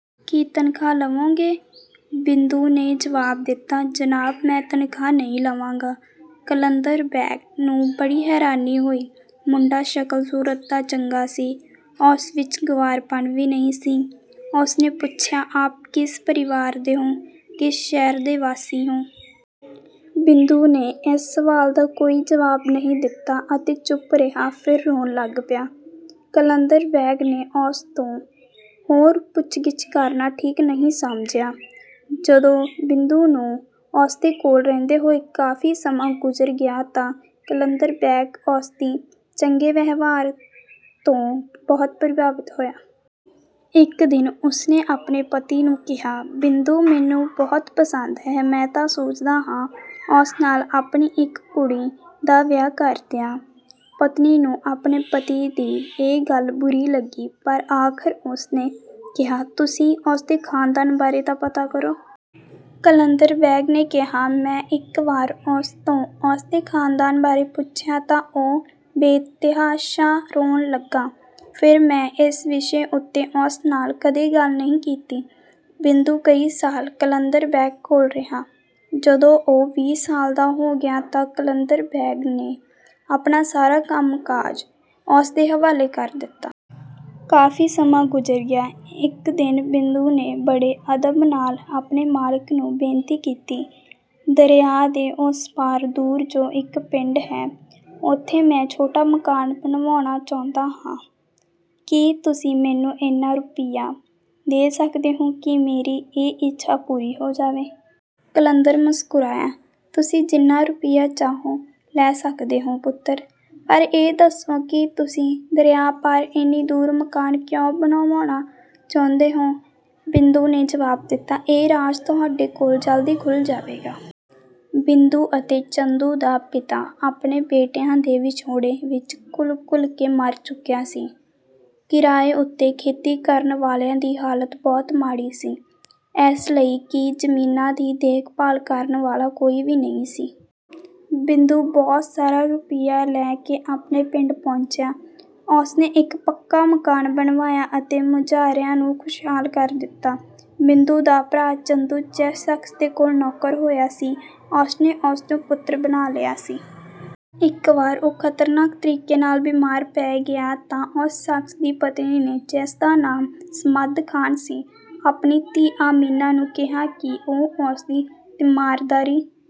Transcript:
ਕੀ ਤਨਖਾਹ ਲਵੋਗੇ? ਬਿੰਦੂ ਨੇ ਜਵਾਬ ਦਿੱਤਾ, ਜਨਾਬ ਮੈਂ ਤਨਖਾਹ ਨਹੀਂ ਲਵਾਂਗਾ। ਕਲੰਦਰ ਬੇਗ ਨੂੰ ਬੜੀ ਹੈਰਾਨੀ ਹੋਈ। ਮੁੰਡਾ ਸ਼ਕਲ-ਸੂਰਤ ਦਾ ਚੰਗਾ ਸੀ, ਉਸ ਵਿੱਚ ਗੰਵਾਰਪਣ ਵੀ ਨਹੀਂ ਸੀ। ਉਸਨੇ ਪੁੱਛਿਆ, ਆਪ ਕਿਸ ਪਰਿਵਾਰ ਦੇ ਹੋ, ਕਿਸ ਸ਼ਹਿਰ ਦੇ ਵਾਸੀ ਹੋ? ਬਿੰਦੂ ਨੇ ਇਸ ਸਵਾਲ ਦਾ ਕੋਈ ਜਵਾਬ ਨਹੀਂ ਦਿੱਤਾ ਅਤੇ ਚੁੱਪ ਰਿਹਾ ਫਿਰ ਰੋਣ ਲੱਗ ਪਿਆ। ਕਲੰਦਰ ਬੇਗ ਨੇ ਉਸ ਤੋਂ ਹੋਰ ਪੁੱਛ-ਗਿੱਛ ਕਰਨਾ ਠੀਕ ਨਹੀਂ ਸਮਝਿਆ। ਜਦੋਂ ਬਿੰਦੂ ਨੂੰ ਉਸਦੇ ਕੋਲ ਰਹਿੰਦੇ ਹੋਏ ਕਾਫੀ ਸਮਾਂ ਗੁੁਜ਼ਰ ਗਿਆ ਤਾਂ ਕਲੰਦਰ ਬੇਗ ਉਸਦੀ ਚੰਗੇ ਵਿਵਹਾਰ ਤੋਂ ਬਹੁਤ ਪ੍ਰਭਾਵਿਤ ਹੋਇਆ। ਇੱਕ ਦਿਨ ਉਸਨੇ ਆਪਣੀ ਪਤਨੀ ਨੂੰ ਕਿਹਾ, ਬਿੰਦੂ ਮੈਨੂੰ ਬਹੁਤ ਪਸੰਦ ਹੈ। ਮੈਂ ਤਾਂ ਸੋਚਦਾ ਹਾਂ ਉਸ ਨਾਲ ਆਪਣੀ ਇੱਕ ਕੁੜੀ ਦਾ ਵਿਆਹ ਕਰ ਦਿਆਂ। ਪਤਨੀ ਨੂੰ ਆਪਣੇ ਪਤੀ ਦੀ ਇਹ ਗੱਲ ਬੁਰੀ ਲੱਗੀ ਪਰ ਆਖਰ ਉਸਨੇ ਕਿਹਾ, ਤੁਸੀਂ ਉਸਦੇ ਖਾਨਦਾਨ ਬਾਰੇ ਤਾਂ ਪਤਾ ਕਰੋ। ਕਲੰਦਰ ਬੇਗ ਨੇ ਕਿਹਾ, ਮੈਂ ਇੱਕ ਵਾਰ ਉਸ ਤੋਂ ਉਸਦੇ ਖਾਨਦਾਨ ਬਾਰੇ ਪੁੱਛਿਆ ਤਾਂ ਉਹ ਬੇਤਹਾਸ਼ਾ ਰੋਣ ਲੱਗਾ। ਫਿਰ ਮੈਂ ਇਸ ਵਿਸ਼ੇ ਉੱਤੇ ਉਸ ਨਾਲ ਕਦੇ ਗੱਲ ਨਹੀਂ ਕੀਤੀ। ਬਿੰਦੂ ਕਈ ਸਾਲ ਕਲੰਦਰ ਬੇਗ ਕੋਲ ਰਿਹਾ, ਜਦੋਂ ਉਹ ਵੀਹ ਸਾਲ ਦਾ ਹੋ ਗਿਆ ਤਾਂ ਕਲੰਦਰ ਬੇਗ ਨੇ ਆਪਣਾ ਸਾਰਾ ਕੰਮ-ਕਾਜ ਉਸਦੇ ਹਵਾਲੇ ਕਰ ਦਿੱਤਾ। ਕਾਫੀ ਸਮਾਂ ਗੁਜ਼ਰ ਗਿਆ। ਇੱਕ ਦਿਨ ਬਿੰਦੂ ਨੇ ਬੜੇ ਅਦਬ ਨਾਲ ਆਪਣੇ ਮਾਲਕ ਨੂੰ ਬੇਨਤੀ ਕੀਤੀ, ਦਰਿਆ ਦੇ ਉਸ ਪਾਰ ਦੂਰ ਜੋ ਇੱਕ ਪਿੰਡ ਹੈ, ਉੱਥੇ ਮੈਂ ਛੋਟਾ ਮਕਾਨ ਬਣਵਾਉਣਾ ਚਾਹੁੰਦਾ ਹਾਂ। ਕੀ ਤੁਸੀਂ ਮੈਨੂੰ ਇੰਨਾ ਰੁਪਿਆ ਦੇ ਸਕਦੇ ਹੋ ਕਿ ਮੇਰੀ ਇਹ ਇੱਛਾ ਪੂਰੀ ਹੋ ਜਾਵੇ। ਕਲੰਦਰ ਮੁਸਕਰਾਇਆ, ਤੁਸੀਂ ਜਿੰਨਾ ਰੁਪਿਆ ਚਾਹੋ ਲੈ ਸਕਦੇ ਹੋ ਪੁੱਤਰ, ਪਰ ਇਹ ਦੱਸੋ ਕਿ ਤੁਸੀਂ ਦਰਿਆ ਪਾਰ ਇੰਨੀ ਦੂਰ ਮਕਾਨ ਕਿਉਂ ਬਣਵਾਉਣਾ ਚਾਹੁੰਦੇ ਹੋ। ਬਿੰਦੂ ਨੇ ਜਵਾਬ ਦਿੱਤਾ, ਇਹ ਰਾਜ਼ ਤੁਹਾਡੇ ਕੋਲ ਜਲਦੀ ਖੁੱਲ੍ਹ ਜਾਵੇਗਾ। ਬਿੰਦੂ ਅਤੇ ਚੰਦੂ ਦਾ ਪਿਤਾ ਆਪਣੇ ਬੇਟਿਆਂ ਦੇ ਵਿਛੋੜੇ ਵਿੱਚ ਘੁਲ-ਘੁਲ ਕੇ ਮਰ ਚੁੱਕਿਆ ਸੀ। ਕਿਰਾਏ ਉੱਤੇ ਖੇਤੀ ਕਰਨ ਵਾਲਿਆਂ ਦੀ ਹਾਲਤ ਬਹੁਤ ਮਾੜੀ ਸੀ ਇਸ ਲਈ ਕਿ ਜ਼ਮੀਨਾਂ ਦੀ ਦੇਖ-ਭਾਲ ਕਰਨ ਵਾਲਾ ਕੋਈ ਵੀ ਨਹੀਂ ਸੀ। ਬਿੰਦੂ ਬਹੁਤ ਸਾਰਾ ਰੁਪਿਆ ਲੈ ਕੇ ਆਪਣੇ ਪਿੰਡ ਪਹੁੰਚਿਆ। ਉਸਨੇ ਇੱਕ ਪੱਕਾ ਮਕਾਨ ਬਣਵਾਇਆ ਅਤੇ ਮੁਜਾਰਿਆਂ ਨੂੰ ਖੁਸ਼ਹਾਲ ਕਰ ਦਿੱਤਾ। ਬਿੰਦੂ ਦਾ ਭਰਾ ਚੰਦੂ ਜਿਸ ਸ਼ਖਸ ਦੇ ਕੋਲ ਨੌਕਰ ਹੋਇਆ ਸੀ ਉਸਨੇ ਉਸਨੂੰ ਪੁੱਤਰ ਬਣਾ ਲਿਆ ਸੀ। ਇੱਕ ਵਾਰ ਉਹ ਖਤਰਨਾਕ ਤਰੀਕੇ ਨਾਲ ਬੀਮਾਰ ਪੈ ਗਿਆ ਤਾਂ ਉਸ ਸ਼ਖਸ ਦੀ ਪਤਨੀ ਨੇ ਜਿਸਦਾ ਨਾਮ ਸਮਦ ਖਾਨ ਸੀ, ਆਪਣੀ ਧੀ ਆਮਿਨਾ ਨੂੰ ਕਿਹਾ ਕਿ ਉਹ ਉਸਦੀ ਤਿਮਾਰਦਾਰੀ